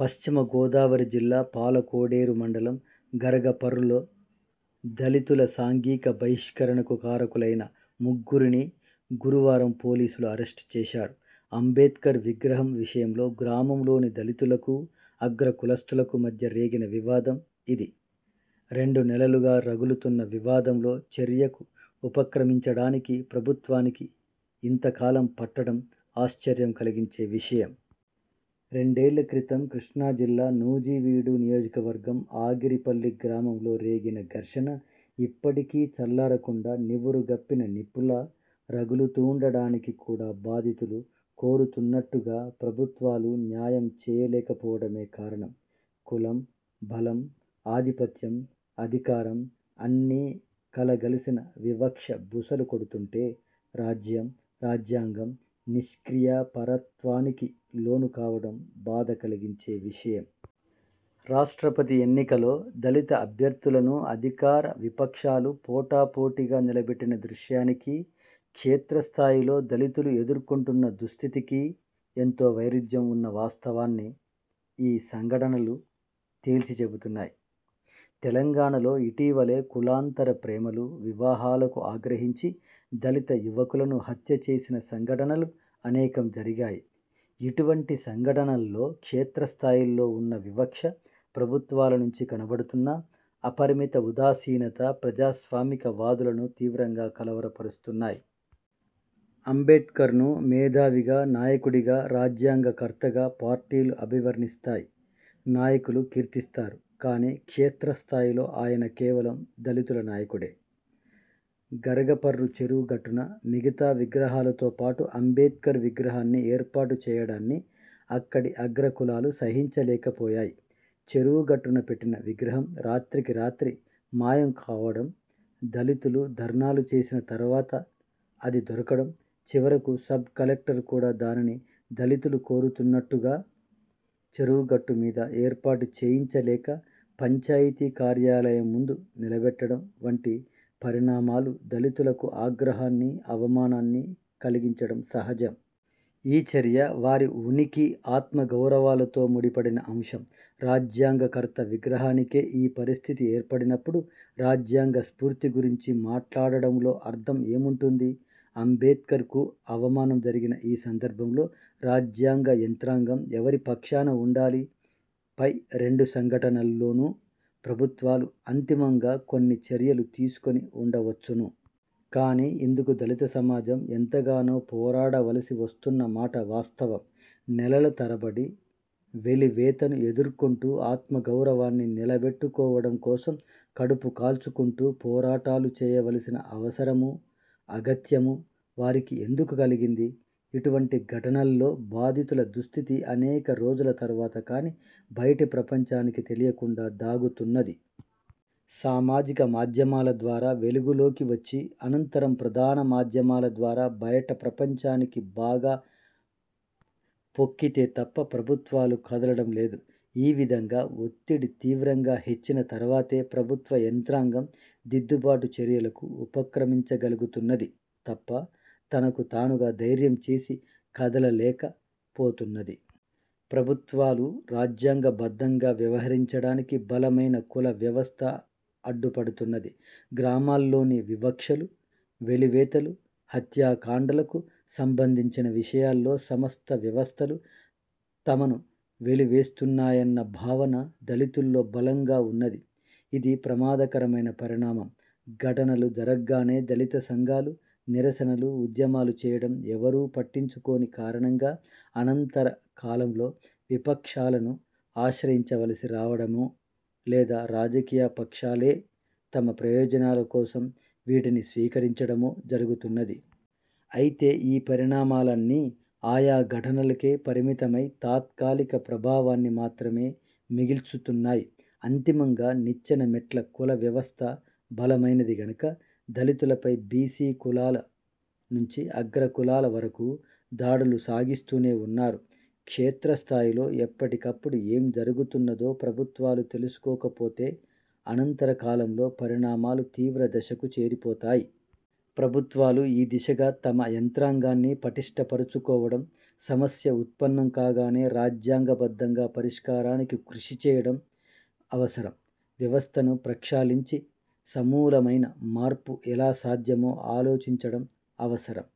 పశ్చిమ గోదావరి జిల్లా పాలకోడేరు మండలం గరగపర్రులో దళితుల సాంఘిక బహిష్కరణకు కారకులైన ముగ్గురిని గురువారం పోలీసులు అరెస్టుచేశారు. అంబేడ్కర్ విగ్రహం విషయంలో గ్రామంలోని దళితులకూ, అగ్రకులస్థులకు మధ్య రేగిన వివాదం ఇది. రెండు నెలలుగా రగులుతున్న వివాదంలో చర్యకు ఉపక్రమించడానికి ప్రభుత్వానికి ఇంతకాలం పట్టడం ఆశ్చర్యం కలిగించే విషయం. రెండేళ్ళ క్రితం కృష్ణాజిల్లా నూజివీడు నియోజకవర్గం ఆగిరిపల్లి గ్రామంలో రేగిన ఘర్షణ ఇప్పటికీ చల్లారకుండా నివురుగప్పిన నిప్పులా రగులుతూండటానికి కూడా బాధితులు కోరుతున్నట్టుగా ప్రభుత్వాలు న్యాయం చేయలేక పోవడమే కారణం. కులం, బలం, ఆధిపత్యం, అధికారం అన్నీ కలగలసిన వివక్ష బుసలు కొడుతుంటే రాజ్యం, రాజ్యాంగం నిష్క్రియా పరత్వానికి లోను కావడం బాధ కలిగించే విషయం. రాష్ట్రపతి ఎన్నికలో దళిత అభ్యర్థులను అధికార విపక్షాలు పోటాపోటీగా నిలబెట్టిన దృశ్యానికీ, క్షేత్రస్థాయిలో దళితులు ఎదుర్కొంటున్న దుస్థితికీ ఎంతో వైరుధ్యం ఉన్న వాస్తవాన్ని ఈ సంఘటనలు తేల్చిచెబుతున్నాయి. తెలంగాణలో ఇటీవలే కులాంతర ప్రేమలు, వివాహాలకు ఆగ్రహించి దళిత యువకులను హత్యచేసిన సంఘటనలు అనేకం జరిగాయి. ఇటువంటి సంఘటనల్లో క్షేత్రస్థాయిలో ఉన్న వివక్ష, ప్రభుత్వాల నుంచి కనబడుతున్న అపరిమిత ఉదాసీనత ప్రజాస్వామిక వాదులను తీవ్రంగా కలవరపరుస్తున్నాయి. అంబేడ్కర్ను మేధావిగా, నాయకుడిగా, రాజ్యాంగ కర్తగా పార్టీలు అభివర్ణిస్తాయి, నాయకులు కీర్తిస్తారు. కానీ, క్షేత్రస్థాయిలో ఆయన కేవలం దళితుల నాయకుడే. గరగపర్రు చెరువు గట్టున మిగతా విగ్రహాలతో పాటు అంబేడ్కర్ విగ్రహాన్ని ఏర్పాటు చేయడాన్ని అక్కడి అగ్ర కులాలు సహించలేక పోయాయి. చెరువు గట్టున పెట్టిన విగ్రహం రాత్రికి రాత్రి మాయం కావడం, దళితులు ధర్నాలు చేసిన తరువాత అది దొరకడం, చివరకు సబ్ కలెక్టర్ కూడా దానిని దళితులు కోరుతున్నట్టుగా చెరువుగట్టు మీద ఏర్పాటు చేయించలేక, పంచాయితీ కార్యాలయం ముందు నిలబెట్టడం వంటి పరిణామాలు దళితులకు ఆగ్రహాన్ని, అవమానాన్ని కలిగించడం సహజం. ఈ చర్య వారి ఉనికి, ఆత్మగౌరవాలతో ముడిపడిన అంశం. రాజ్యాంగకర్త విగ్రహానికే ఈ పరిస్థితి ఏర్పడినప్పుడు రాజ్యాంగ స్ఫూర్తి గురించి మాట్లాడటంలో అర్థం ఏముంటుంది? అంబేడ్కర్కు అవమానం జరిగిన ఈ సందర్భంలో రాజ్యాంగ యంత్రాంగం ఎవరిపక్షాన ఉండాలి? పై రెండు ఘటనల్లోనూ ప్రభుత్వాలు అంతిమంగా కొన్ని చర్యలు తీసుకొని వుండవచ్చును. కానీ, ఇందుకు దళితసమాజం ఎంతగానో పోరాడవలసి వస్తున్న మాట వాస్తవం. నెలల తరబడి వెలివేతను ఎదుర్కొంటూ ఆత్మగౌరవాన్ని నిలబెట్టుకోవడం కోసం కడుపు కాల్చుకుంటూ పోరాటాలు చేయవలసిన అవసరమూ, అగత్యమూ వారికి ఎందుకు కలిగింది? ఇటువంటి ఘటనల్లో బాధితుల దుస్థితి అనేక రోజుల తరువాత కానీ బయటి ప్రపంచానికి తెలియకుండా దాగుతున్నది. సామాజిక మాధ్యమాల ద్వారా వెలుగులోకి వచ్చి, అనంతరం ప్రధాన మాధ్యమాల ద్వారా బయట ప్రపంచానికి బాగా పొక్కితే తప్ప ప్రభుత్వాలు కదలడం లేదు. ఈ విధంగా ఒత్తిడి తీవ్రంగా హెచ్చిన తరువాతే ప్రభుత్వ యంత్రాంగం దిద్దుబాటు చర్యలకు ఉపక్రమించగలుగుతున్నది తప్ప తనకు తానుగా ధైర్యం చేసి కదలలేక పోతున్నది. ప్రభుత్వాలు రాజ్యాంగ బద్ధంగా వ్యహరించడానికి బలమైన కుల వ్యవస్థ అడ్డు పడుతున్నది. గ్రామాల్లోని వివక్షలు, వెలివేతలు, హత్యాకాండలకు సంబంధించిన విషయాల్లో సమస్త వ్యవస్థలూ తమను వెలివేస్తున్నాయన్న భావన దళితుల్లో బలంగా ఉన్నది. ఇది ప్రమాదకరమైన పరిణామం. ఘటనలు జరగ్గానే దళిత సంఘాలు నిరసనలు, ఉద్యమాలు చేయడం, ఎవరూ పట్టించుకోని కారణంగా అనంతరకాలంలో విపక్షాలను ఆశ్రయించవలసి రావడమో, లేదా రాజకీయపక్షాలే తమ ప్రయోజనాల కోసం వీటిని స్వీకరించడమో జరుగుతున్నది. అయితే, ఈ పరిణామాలన్నీ ఆయా ఘటనలకే పరిమితమై, తాత్కాలిక ప్రభావాన్ని మాత్రమే మిగల్చుతున్నాయి. అంతిమంగా నిచ్చెన మెట్ల కులవ్యవస్థ బలమైనది కనుక దళితులపై బీసీ కులాల నుంచి అగ్ర కులాల వరకూ దాడులు సాగిస్తూనే ఉన్నారు. క్షేత్రస్థాయిలో ఎప్పటికప్పుడు ఏం జరుగుతున్నదో ప్రభుత్వాలు తెలుసుకోకపోతే అనంతర కాలంలో పరిణామాలు తీవ్ర దశకు చేరిపోతాయి. ప్రభుత్వాలు ఈ దిశగా తమ యంత్రాంగాన్ని పటిష్ఠ పరచుకోవడం, సమస్య ఉత్పన్నం కాగానే రాజ్యాంగ బద్ధంగా పరిష్కారానికి కృషిచేయడం అవసరం. వ్యవస్థను ప్రక్షాళించి సమూలమైన మార్పు ఎలా సాధ్యమో ఆలోచించడం అవసరం.